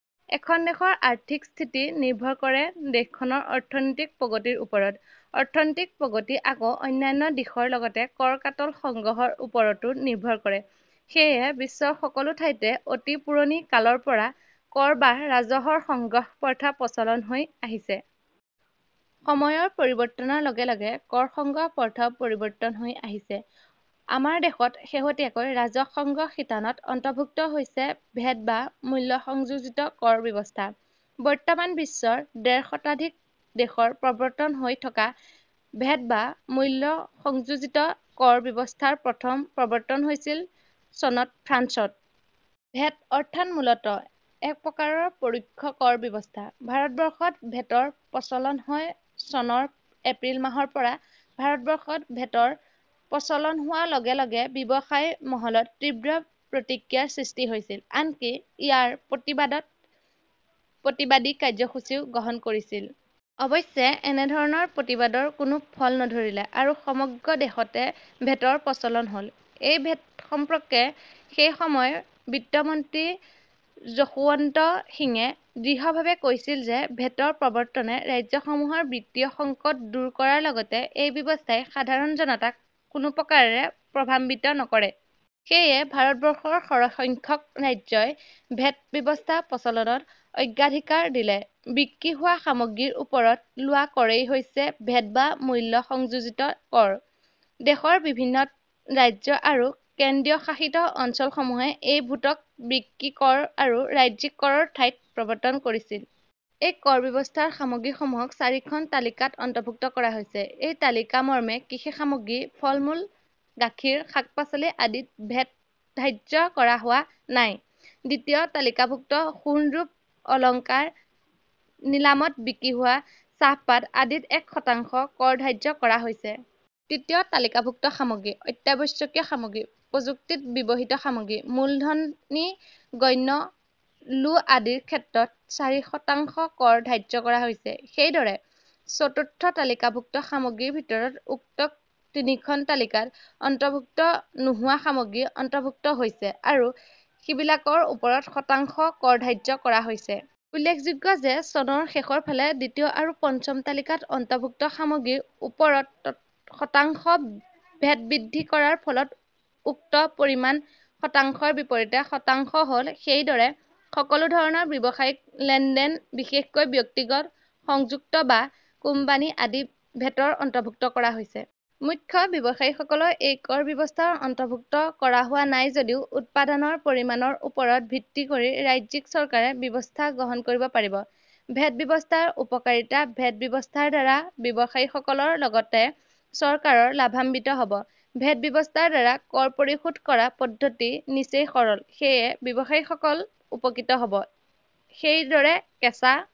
এখন দেশৰ আৰ্থিক স্থিতি নিৰ্ভৰ কৰে দেশখনৰ অৰ্থনৈতিক প্ৰগতিৰ ওপৰত। অৰ্থনৈতিক প্ৰগতি আকৌ অন্যান্য দিশৰ লগতে কৰ-কাটল সগ্ৰহৰ ওপৰতো নিৰ্ভৰ কৰে। সেয়ে বিশ্বৰ সকলো ঠাইতে অতি পুৰণি কালৰ পৰা কৰ বা ৰাজহৰ সংগ্ৰহ প্ৰথা প্ৰচলন হৈ আহিছে। সময়ৰ পৰিৱৰ্তনৰ লগে লগে কৰ সংগ্ৰহ প্ৰথাও পৰিৱৰ্তন হৈ আহিছে। আমাৰ দেশত শেহতীয়াকৈ ৰাজহ সংগ্ৰহ শিতানত অন্তৰ্ভুক্ত হৈছে ভেট বা মূল্য সংযোজিত কৰ ব্যৱস্থা। বৰ্তমান বিশ্বৰ ডেৰ শতাধিক দেশত প্ৰৱৰ্তন হৈ থকা ভেট বা মূল্য সংযোজিত কৰ ব্যৱস্থাৰ প্ৰথম প্ৰৱৰ্তন হৈছিল চনত ফ্ৰান্সত। ভেট অৰ্থাৎ মূলতঃ একপ্ৰকাৰৰ পৰোক্ষ কৰ ব্যৱস্থা। ভাৰতবৰ্ষত ভেটৰ প্ৰচলন হয় চনৰ এপ্ৰিল মাহৰ পৰা। ভাৰতবৰ্ষত ভেটৰ প্ৰচলন হোৱাৰ লগে লগে ব্যৱসায়ী মহলত তীব্ৰ প্ৰতিক্ৰিয়াৰ সৃষ্টি হৈছিল৷ আনকি ইয়াৰ প্ৰতিবাদত প্ৰতিবাদী কাৰ্যসূচীও গ্ৰহণ কৰিছিল। অৱশ্যে এনেধৰণৰ প্ৰতিবাদৰ কোনো ফল নধৰিলে আৰু সমগ্ৰ দেশতে ভেটৰ প্ৰচলন হ'ল। এই ভেট সম্পৰ্কে সেই সময়ৰ বিত্তমন্ত্ৰী যশোৱন্ত সিঙে দৃঢ়ভাৱে কৈছিল যে ভেটৰ প্ৰৱৰ্তনে ৰাজ্যসমূহৰ বিত্তীয় সংকট দূৰ কৰাৰ লগতে এই ব্যৱস্থাই সাধাৰণ জনতাক কোনোপ্ৰকাৰে প্ৰভাৱান্বিত নকৰে। সেয়ে ভাৰতবৰ্ষৰ সৰহসংখ্যক ৰাজ্যই ভেট ব্যৱস্থা প্ৰচলনত অগ্ৰাধিকাৰ দিলে। বিক্ৰী হোৱা সামগ্ৰীৰ ওপৰত লগোৱা কৰেই হৈছে ভেট বা মূল্য সংযোজিত কৰ। দেশৰ বিভিন্ন ৰাজ্য আৰু কেন্দ্ৰীয়শাসিত অঞ্চলসমূহে এই ভেটক বিক্ৰী কৰ আৰু ৰাজ্যিক কৰৰ ঠাইত প্ৰৱৰ্তন কৰিছিল। এই কৰ ব্যৱস্থাৰ সামগ্ৰীসমূহক চাৰিখন তালিকাত অন্তৰ্ভূক্ত কৰা হৈছে। সেই তালিকামৰ্মে কৃষি সামগ্ৰী, ফলমূল, গাখীৰ, শাক-পাচলি আদিত ভেট ধাৰ্য কৰা হোৱা নাই। দ্বিতীয় তালিকাভুক্ত সোণ-ৰূপৰ অলংকাৰ, নিলামত বিক্ৰী হোৱা চাহপাত আদিত এক শতাংশ কৰ ধাৰ্য কৰা হৈছে। তৃতীয় তালিকাভুক্ত সামগ্ৰী- অত্যাৱশ্যকীয় সামগ্ৰী, প্ৰযুক্তিত ব্যৱহৃত সামগ্ৰী, মূলধনী পণ্য, লো আদিৰ ক্ষেত্ৰত চাৰি শতাংশ কৰ ধাৰ্য কৰা হৈছে। সেইদৰে চতুৰ্থ তালিকাভুক্ত সামগ্ৰীৰ ভিতৰত উক্ত তিনিখন তালিকাত অন্তৰ্ভুক্ত নোহোৱা সামগ্ৰী অন্তৰ্ভুক্ত হৈছে আৰু সিবিলাকৰ ওপৰত শতাংশ কৰ ধাৰ্য কৰা হৈছে। উল্লেখযোগ্য যে চনৰ শেষৰফালে দ্বিতীয় আৰু পঞ্চম তালিকাত অন্তৰ্ভুক্ত সামগ্ৰীৰ ওপৰত শতাংশ ভেট বৃদ্ধি কৰাৰ ফলত উক্ত পৰিমাণ শতাংশৰ বিপৰীতে শতাংশ হ'ল। সেইদৰে সকলো ধৰণৰ ব্যৱসায়িক লেনদেন, বিশেষকৈ ব্যক্তিগত, সংযুক্ত বা কোম্পানী আদি ভেটৰ অন্তৰ্ভুক্ত কৰা হৈছে। মুখ্য বাৱসায়ীসকলক এই কৰ ব্যৱস্থাৰ অন্তৰ্ভুক্ত কৰা হোৱা নাই যদিও উৎপাদনৰ পৰিমাণৰ ওপৰত ভিত্তি কৰি ৰাজ্যিক চৰকাৰে ব্যৱস্থা গ্ৰহণ কৰিব পাৰিব। ভেট ব্যৱস্থাৰ উপকাৰিতা ভেট ব্যৱস্থাৰ দ্বাৰা ব্যৱসায়ীসকলৰ লগতে চৰকাৰো লাভাৱান্বিত হ'ব। ভেট ব্যৱস্থাৰ দ্বাৰা কৰ পৰিশোধ কৰা পদ্ধতি নিচেই সৰল, সেয়ে ব্যৱসায়ীসকল উপকৃত হ'ব। সেইদৰে কেঁচা